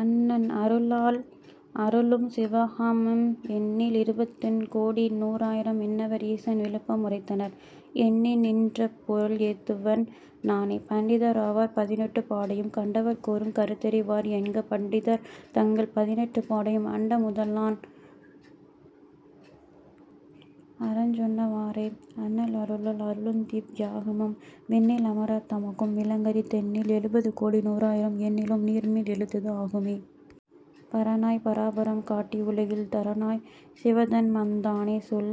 அண்ணல் அருளால் அருளும் சிவாகமம் எண்ணில் இருபத்தெண் கோடிநூ றாயிரம் விண்ணவர் ஈசன் விழுப்பம் உரைத்தனர் எண்ணிநின் றப்பொருள் ஏத்துவன் நானே. பண்டிதர் ஆவார் பதினெட்டும் பாடையும் கண்டவர் கூறும் கருத்தறி வார்என்க பண்டிதர் தங்கள் பதினெட்டுப் பாடையும் அண்ட முதலான் அறஞ்சொன்ன வாறே. அண்ணல் அருளால் அருளுந்திவ் யாகமம் விண்ணில் அமரர் தமக்கும் விளங்கரி தெண்ணில் எழுபது கோடிநூ றாயிரம் எண்ணிலும் நீர்மேல் எழுத்தது ஆகுமே. பரனாய் பராபரம் காட்டி உலகில் தரனாய்ச் சிவதன்மந் தானேசொல்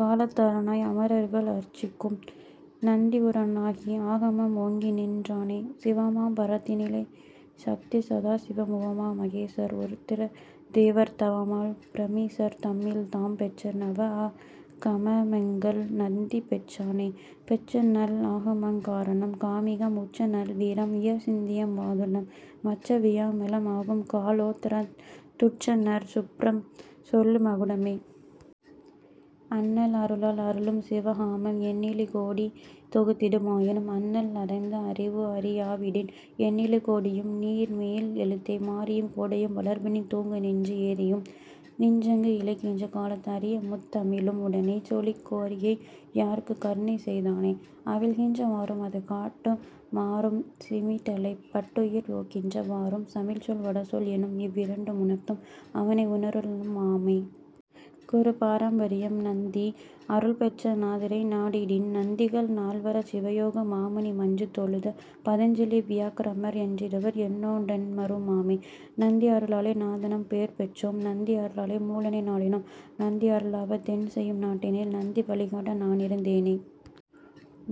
காலத் தரனாய் அமரர்கள் அர்ச்சிக்கு நந்தி உரனாகி ஆகமம் ஓங்கிநின் றானே. சிவமாம் பரத்தினில் சத்தி சதாசிவம் உவமா மகேசர் உருத்திர தேவர் தவமால் பிரமீசர் தம்மில்தாம் பெற்ற நவஆ கமமெங்கள் நந்திபெற் றானே. பெற்றநல் ஆகமங் காரணம் காமிகம் உற்றநல் வீரம் உயர்சிந்தியம் வாதுளம் மற்றவ் வியாமளம் ஆகும்கா லோத்தரந் துற்றநற் சுப்பிரம் சொல்லு மகுடமே. அண்ணல் அருளால் அருளும் சிவாகமம் எண்ணிலி கோடி தொகுத்திடும் ஆயினும் அண்ணல் அறைந்த அறிவுஅறி யாவிடின் எண்ணிலி கோடியும் நீர்மேல் எழுத்தே. மாரியும் கோடையும் வார்பனி தூங்கநின்று ஏரியும் நின்றங்கு இளைக்கின்ற காலத்து ஆரிய முந்தமி ழும்உட னேசொலிக் காரிகை யார்க்குக் கருணைசெய் தானே. அவிழ்கின்ற வாறும் அதுகட்டு மாறும் சிமிட்டலைப் பட்டுயிர் போகின்ற வாறும் தமிழ்ச்சொல் வடசொல் எனும்இவ் விரண்டும் உணர்த்தும் அவனை உணரலு மாமே... குரு பாரம்பரியம் நந்தி அருள்பெற்ற நாதரை நாடிடின் நந்திகள் நால்வர் சிவயோக மாமுனி மன்று தொழுத பதஞ்சலி வியாக்ரமர் என்றிவர் என்னோ டெண்மரு மாமே. நந்தி அருளாலே நாதனாம் பேர்பெற்றோம் நந்தி அருளாலே மூலனை நாடினோம் நந்தி அருளாவ தென்செயும் நாட்டினில் நந்தி வழிகாட்ட நானிருந் தேனே.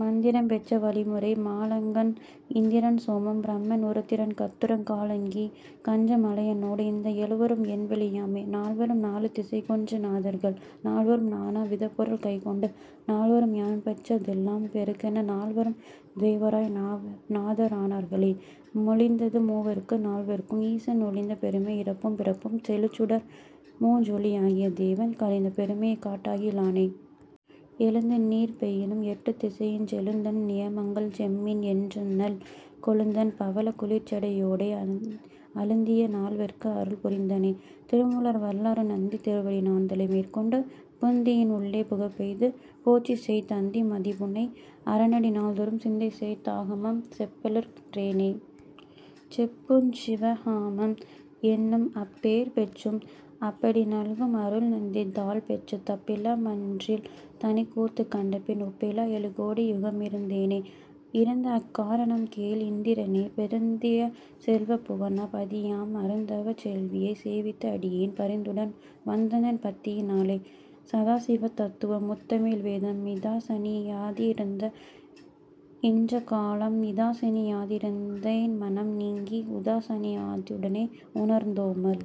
மந்திரம் பெற்ற வழிமுறை மாலாங்கன் இந்திரன் சோமன் பிரமன் உருத்திரன் கந்துருக் காலாங்கி கஞ்ச மலையனோடு இந்த எழுவரும் என்வழி யாமே. நால்வரும் நாலு திசைக்கொன்று நாதர்கள் நால்வரும் நானா விதப்பொருள் கைக்கொண்டு நால்வரும் யான்பெற்ற தெல்லாம் பெறுகென நால்வரும் தேவராய் நாதர் ஆனார்களே. மொழிந்தது மூவர்க்கும் நால்வர்க்கும் ஈசன் ஒழிந்த பெருமை இறப்பும் பிறப்பும் செழுஞ்சுடர் மூன்றொளி யாகிய தேவன் கழிந்த பெருமையைக் காட்டகி லானே. எழுந்துநீர் பெய்யினும் எட்டுத் திசையுஞ் செழுந்தண் நியமங்கள் செய்யுமின் என்றண்ணல் கொழுந்தண் பவளக் குளிர்சடை யோடே அழுந்திய நால்வர்க்கு அருள்புரிந் தானே.... திருமூலர் வரலாறு நந்தி திருவடி நான்தலை மேற்கொண்டு புந்தியின் உள்ளே புகப்பெய்து போற்றிசெய் தந்தி மதிபுனை அரனடி நாள்தொறும் சிந்தைசெய் தாகமம் செப்பலுற் றேனே. செப்புஞ் சிவாகமம் என்னும்அப் பேர்பெற்றும் அப்படி நல்கும் அருள்நந்தி தாள்பெற்றுத் தப்பிலா மன்றில் தனிக்கூத்துக் கண்டபின் ஒப்பிலா எழுகோடி யுகமிருந் தேனே. இருந்தஅக் காரணம் கேள்இந் திரனே பெருந்திய செல்வப் புவனா பதியாம் அருந்தவச் செல்வியைச் சேவித்து அடியேன் பரிந்துடன் வந்தனன் பத்தியி னாலே. சதாசிவந் தத்துவம் முத்தமிழ் வேதம் மிதாசனி யாதிருந்த இன்ற காலம் இதாசனி யாதிருந் தேன்மனம் நீங்கி உதாசனி யாதுடனே உணர்ந் தோமால்.